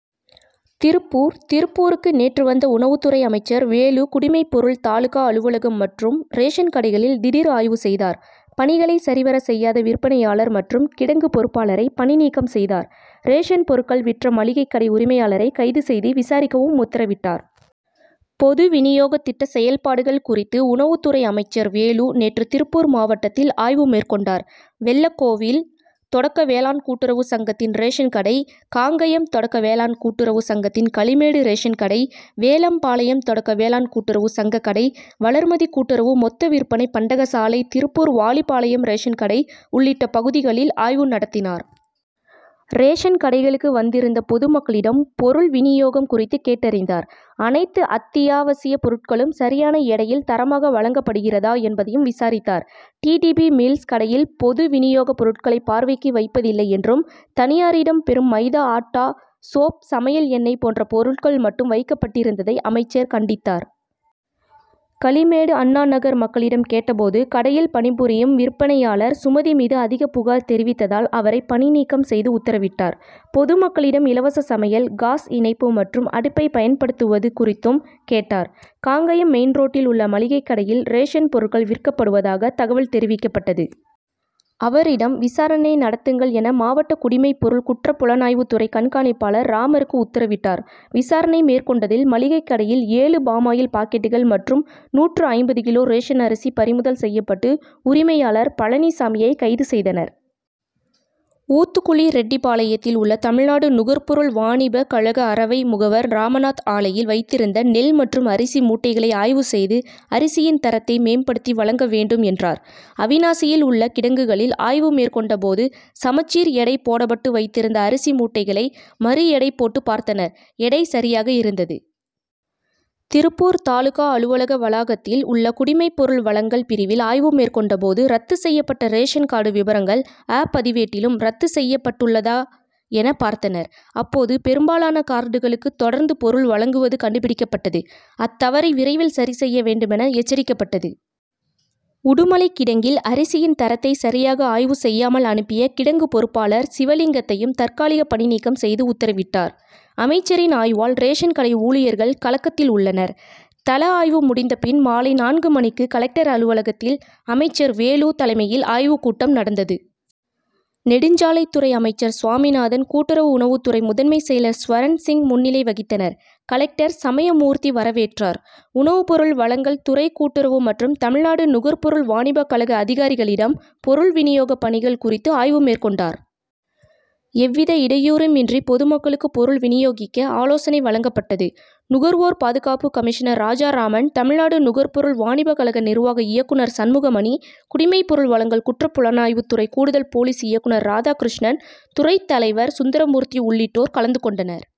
திருப்பூர் திருப்பூருக்கு நேற்று வந்த உணவுத்துறை அமைச்சர் வேலு குடிமைப்பொருள் தாலுகா அலுவலகம் மற்றும் ரேஷன் கடைகளில் திடீர் ஆய்வு செய்தார். பணிகளை சரிவர செய்யாத விற்பனை யாளர் மற்றும் கிடங்கு பொறுப்பாளரை பணி நீக்கம் செய்தார். ரேஷன் பொருட்கள் விற்ற மளிகைக் கடை உரிமையாளரை கைது செய்து விசாரிக்கவும் உத்தரவிட்டார். பொது வினியோக திட்ட செயல்பாடுகள் குறித்து உணவுத் துறை அமைச்சர் வேலு நேற்று திருப்பூர் மாவட்டத்தில் ஆய்வு மேற்கொண்டார். வெள்ள கோவில் தொடக்க வேளாண் கூட்டுறவு சங்கத்தின் ரேஷன் கடை காங்கயம் தொடக்க வேளாண் கூட்டுறவு சங்கத்தின் களிமேடு ரேஷன் கடை வேலம்பாளையம் தொடக்க வேளாண் கூட்டுறவு சங்க கடை வளர்மதி கூட்டுறவு மொத்த விற்பனை பண்டகசாலை திருப்பூர் வாலிபாளையம் ரேஷன் கடை உள்ளிட்ட பகுதிகளில் ஆய்வு நடத்தினார். ரேஷன் கடைகளுக்கு வந் திருந்த பொதுமக்களிடம் பொருள் வினியோகம் குறித்து கேட்டறிந்தார். அனைத்து அத்தி யாவசிய பொருட்களும் சரி யான எடையில் தரமாக வழங்கப்படுகிறதா என்பதையும் விசாரித்தார். டி. டி. பி. மில்ஸ் கடையில் பொது வினியோக பொருட்களை பார்வைக்கு வைப்பதில்லை என்றும் தனியாரிடம் பெறும் மைதா ஆட்டா சோப் சமையல் எண்ணெய் போன்ற பொருட்கள் மட்டும் வைக்கப்பட்டிருந்ததை அமைச்சர் கண்டித்தார். களிமேடு அண்ணா நகர் மக் களிடம் கேட்டபோது கடையில் பணிபுரியும் விற்பனை யாளர் சுமதி மீது அதிக புகார் தெரிவித்ததால் அவரை பணி நீக்கம் செய்து உத்தரவிட்டார். பொதுமக்களிடம் இலவச சமையல் காஸ் இணைப்பு மற்றும் அடுப்பை பயன்படுத்து வது குறித்தும் கேட்டார். காங்கயம் மெயின் ரோட்டில் உள்ள மளிகை கடையில் ரேஷன் பொருட்கள் விற்கப் படுவதாக தகவல் தெரிவிக்கப் பட்டது. அவரிடம் விசாரணை நடத்துங்கள் என மாவட்ட குடிமைப்பொருள் குற்றப் புலனாய்வு துறை கண்காணிப் பாளர் ராமருக்கு உத்தரவிட்டார். விசாரணை மேற்கொண்டதில் மளிகை கடையில் ஏழு பாமாயில் பாக்கெட்டுகள் மற்றும் நூற்று ஐம்பது கிலோ ரேஷன் அரிசி பறிமுதல் செய்யப்பட்டு உரிமை யாளர் பழனிசாமியை கைது செய்தனர். ஊத்துக்குளி ரெட்டிபாளையத்தில் உள்ள தமிழ்நாடு நுகர்பொருள் வாணிப கழக அரவை முகவர் ராமநாத் ஆலையில் வைத்திருந்த நெல் மற்றும் அரிசி மூட்டைகளை ஆய்வு செய்து அரிசியின் தரத்தை மேம்படுத்தி வழங்க வேண்டும் என்றார். அவிநாசியில் உள்ள கிடங்குகளில் ஆய்வு மேற்கொண்ட போது சமச்சீர் எடை போடப்பட்டு வைத்திருந்த அரிசி மூட்டைகளை மறு எடை போட்டு பார்த்தனர் எடை சரியாக இருந்தது. திருப்பூர் தாலுகா அலுவலக வளாகத்தில் உள்ள குடிமைப்பொருள் வழங்கல் பிரிவில் ஆய்வு மேற்கொண்ட போது ரத்து செய்யப்பட்ட ரேஷன் கார்டு விபரங்கள் 'அ' பதிவேட்டிலும் ரத்து செய்யப் பட்டுள்ளதா என பார்த்தனர். அப்போது பெரும்பாலான கார்டுகளுக்கு தொடர்ந்து பொருள் வழங்குவது கண்டுபிடிக்கப்பட்டது அத்தவறை விரைவில் சரி செய்ய வேண்டுமென எச்சரிக்கப்பட்டது. உடுமலை கிடங்கில் அரிசியின் தரத்தை சரியாக ஆய்வு செய்யாமல் அனுப்பிய கிடங்கு பொறுப்பாளர் சிவ லிங்கத்தையும் தற்காலிக பணி நீக்கம் செய்து உத்தரவிட்டார். அமைச்சரின் ஆய்வால் ரேஷன் கடை ஊழியர்கள் கலக்கத்தில் உள்ளனர். தல ஆய்வு முடிந்தபின் மாலை நான்கு மணிக்கு கலெக்டர் அலுவலகத்தில் அமைச்சர் வேலு தலைமையில் ஆய்வு கூட்டம் நடந்தது. நெடுஞ்சாலைத் துறை அமைச்சர் சாமிநாதன் கூட்டுறவு உணவுத் துறை முதன்மை செயலர் ஸ்வரன்சிங் முன்னிலை வகித்தனர். கலெக்டர் சமயமூர்த்தி வர வேற்றார். உணவு பொருள் வழங்கல் துறை கூட்டுறவு மற்றும் தமிழ்நாடு நுகர்பொருள் வாணிப கழக அதிகாரிகளிடம் பொருள் வினியோக பணிகள் குறித்து ஆய்வு மேற்கொண்டார். எவ்வித இடையூறும் இன்றி பொதுமக்களுக்கு பொருள் வினியோகிக்க ஆலோசனை வழங்கப்பட்டது. நுகர்வோர் பாதுகாப்பு கமிஷனர் ராஜா ராமன் தமிழ்நாடு நுகர்பொருள் வாணிப கழக நிர்வாக இயக் குனர் சண்முகமணி குடிமைப் பொருள் வழங்கல் குற்றப் புலனாய்வுத்துறை கூடுதல் போலீஸ் இயக்குனர் ராதா கிருஷ்ணன் துறை தலைவர் சுந்தரமூர்த்தி உள்ளிட்டோர் கலந்துகொண்டனர்.